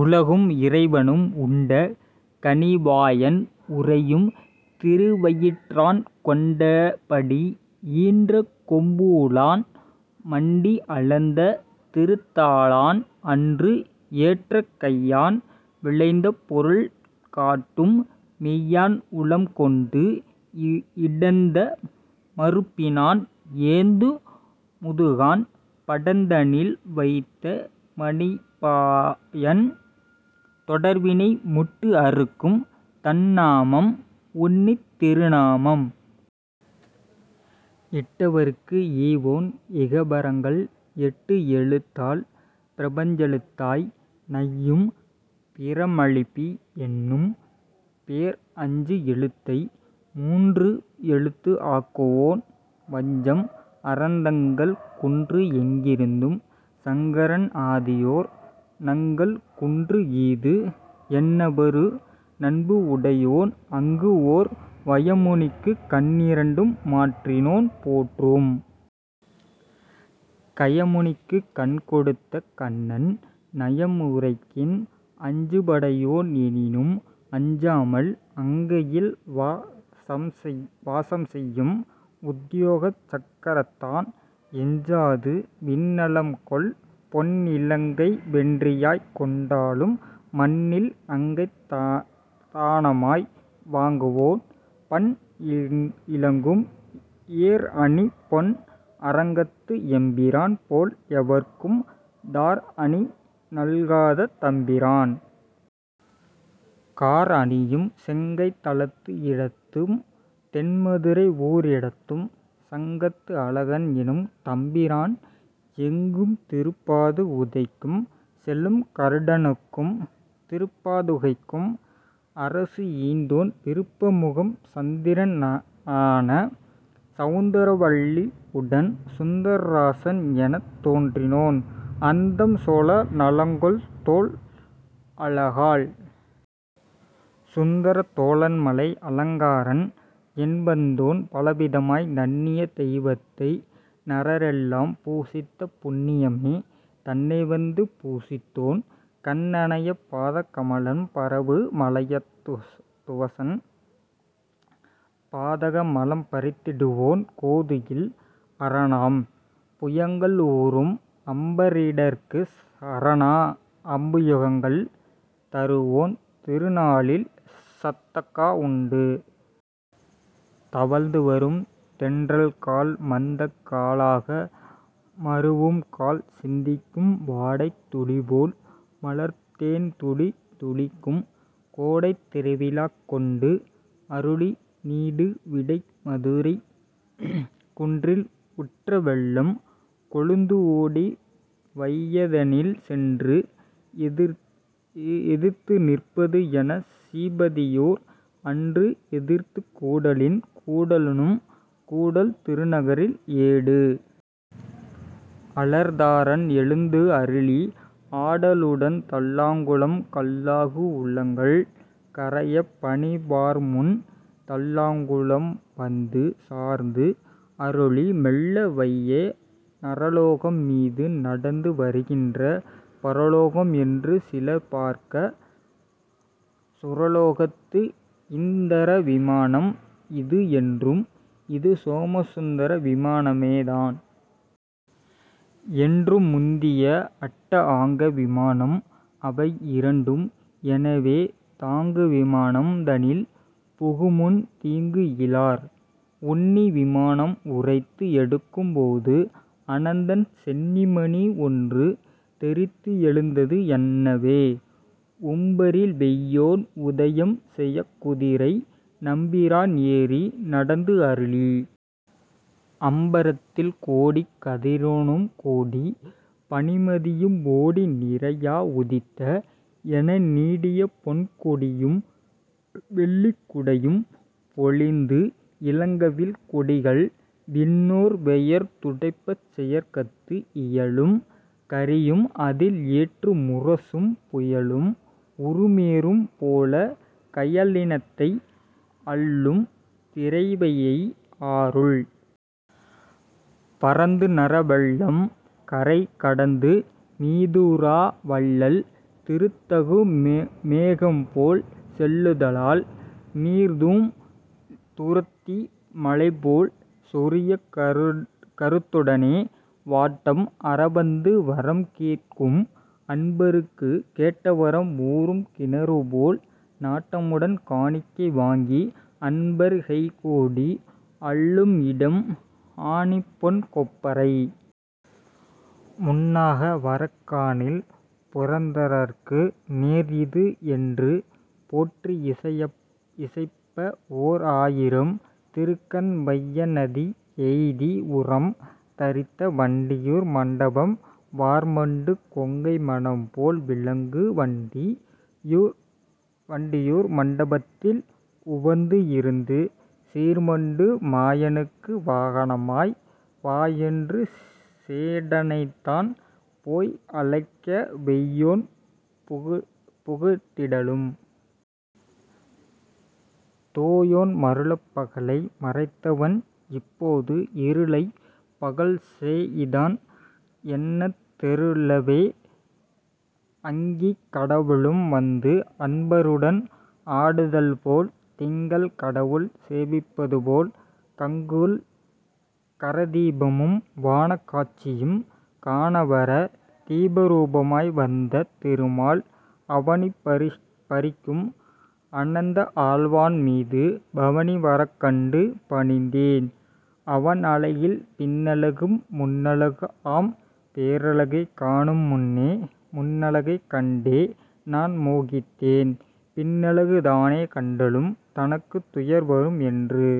உலகும் இறைவனும் உண்ட கனிவாயான் உறையும் திருவயிற்றான் கொண்டபடி ஈன்ற கொம்பூழான் மண்டி அளந்த திருத்தாளான் அன்று ஏற்ற கையான் விளைந்த பொருள் காட்டும் மெய்யான் உளம்கொண்டு இடந்த மருப்பினான் ஏந்து முதுகான் படந்தனில் வைத்த மணிப்பாயான் தொடர்ந்தவினை முட்டு அறுக்கும் தன்நாமம் உன்னித் திருநாமம் இட்டவருக்கு ஈவோன் இகபரங்கள் எட்டு எழுத்தால் பிரபஞ்செழுத்தாய் நையும் பிரமலிபி என்னும் பேர் அஞ்சு எழுத்தை மூன்று எழுத்து ஆக்குவோன் வஞ்சம் அறத் தங்கள் குன்று எங்கிருந்தும் சங்கரன் ஆதியோர் நங்கள் குன்று ஈது என்னவரு நண்புஉடையோன் அங்கு ஓர் வயமுனிக்குக் கண்இரண்டும் மாற்றினோன் போற்றும் கயமுனிக்குக் கண்கொடுத்த கண்ணன் நயம் உரைக்கின் அஞ்சுபடையோன் எனினும் அஞ்சாமல் அங்கையில் வா சம்செய்யும் உத்யோகச் சக்கரத்தான் எஞ்சாது விண்நலம்கொள் பொன்இலங்கை வெற்றியாய்க் கொண்டாலும் மண்ணில் அங்கைத் தானமாய் வாங்குவோன் பண் இலங்கும் ஏர்அணி பொன் அரங்கத்து எம்பிரான் போல் எவர்க்கும் தார்அணி நல்காத தம்பிரான் கார் அணியும் செங்கைத் தலத்து இடத்தும் தென்மதுரை ஊர் இடத்தும் சங்கத்து அழகன் எனும் தம்பிரான் எங்கும் திருப்பாது உதைக்கும் செழும் கருடனுக்கும் திருப்பாதுகைக்கும் அரசு ஈந்தோன் விருப்பமுகம் சந்திரன் ஆன சவுந்திரவல்லி உடன் சுந்தரராசன் எனத் தோன்றினோன் அந்தம் சொல நலங்கொள் தோள் அழகால் சுந்தரத் தோளன்மலை அலங்காரன் என் வந்தோன் பலவிதமாய் நண்ணிய தெய்வத்தை நரர்எல்லாம் பூசித்த புண்ணியமே தன்னைவந்து பூசித்தோன் கண் அனைய பாத கமலம் பரவு மலயத்துவசன் பாதக மலம் பறித்திடுவோன் கோதுஇல் அரணாம் புயங்கள் உறும் அம்பரீடற்குச் சரணா அம்புயங்கள் தருவோன் திருநாளில் சத்தக்கா ஊடு தவழ்ந்து வரும் தென்றல்கால் மந்தக் காலாக மருவும்கால் சிந்திக்கும் வாடைத் துளிபோல் மலர்த்தேன்துளி துளிக்கும் கோடைத் திருவிழாக் கொண்டுருஅளி நீடு விடைக் மதுரை குன்றில் உற்ற வெள்ளம் கொழுந்துஓடி வையைதனில் சென்று எதிர்த்து நிற்பதுஎனச் சீபதியோர் அன்று எதிர்த்துக் கூடலின் கூடல்எனும் கூடல் திருநகரில் ஏடு அலர் தாரான் எழுந்துஅருளி ஆடல்உடன் தல்லாகுளம் கல்லாகு உளங்கள் கரையப் பணிவார்முன் தல்லாகுளம் வந்து சார்ந்து அருளி மெல்ல வையை நரலோகம் மீது நடந்து வருகின்ற பரலோகம் என்று சிலர் பார்க்கச் சுரலோகத்து இந்த்ர விமானம் இது என்றும் இது சோமச் சந்த்ர விமானமே தான் என்றும் முந்திய அட்ட ஆங்க விமானம் அவை இரண்டும் எனவே தாங்கு விமானம் தனில் புகுமுன் தீங்குஇலார் உன்னி விமானம் உரத்து எடுக்கும் போது அனந்தன் சென்னி மணி ஒன்று தெறித்து எழுந்தது என்னவே உம்பரில் வெய்யோன் உதயம் செயக் குதிரை நம்பிரான் ஏறி நடந்துஅருளி அம்பரத்தில் கோடி கதிரோனும் கோடி பனிமதியும் ஓடி நிறையா உதித்த என நீடிய பொன் கொடியும் வெள்ளிக்குடையும் பொலிந்து இலங்க வில் கொடிகள் விண்ணோர் வெயர் துடைப்பச் செயற்கத்து இயலும் கரியும் அதில் எற்று முரசும் புயலும் உருமேறும் போலக் கயலினத்தை அள்ளும் திரைவையை ஆறுள் பரந்து நர வெள்ளம் கரை கடந்து மீதூரா வள்ளல் திருத்தகு மேகம்போல் செல்லுதலால் நீர்தூம் துருத்தி மழைபோல் சொரியக் கருத்துடனே வாட்டம் அற வந்து வரம் கேட்கும் அன்பருக்குக் கேட்ட வரம் ஊறும் கிணறுபோல் நாட்டமுடன் காணிக்கை வாங்கி அன்பர் கைகோடி அள்ளும்இடும் ஆணிப்பொன் கொப்பரை முன்னாக வரக் காணில் புரந்தரற்கு நேர்இது என்று போற்றிஇசைப்ப ஓர்ஆ யிரம் திருக்கண் வையைநதி எய்தி உரம் தரித்த வண்டியூர் மண்டபம் வார்மண்டு கொங்கை மனம்போல் விலங்கு வண்டி யூர் மண்டபத்தில் உவந்து இருந்து சீர்மண்டு மாயனுக்கு வாகனமாய் வாஎன்று சேடனைத்தான் போய்அழைக்க வெய்யோன் புகுந்திடலும் தூயோன் மருளப் பகலை மறைத்தவன் இப்போது இருளைப் பகல் செஇதான் என்னத் தெருளவே அங்கிக் கடவுளும் வந்து அன்பருடன் ஆடுதல்போல் திங்கள் கடவுள் சேவிப்பது போல் கங்குல் கரதீபமும் வாணக் காட்சியும் காண வர தீபரூபமாய் வந்த திருமால் அவனி பரிக்கும் அனந்தஆழ்வான் மீது பவனி வரக்கண்டு பணிந்தேன் அவன் அழகில் பின்னழகு முன்னழகுஆம் பேரழகைக் காணும் முன்னே முன்னழகைக் கண்டே நான் மோகித்தேன் பின்னழகு தானே கண்டாலும் தனக்குத் துயர் வரும் என்று।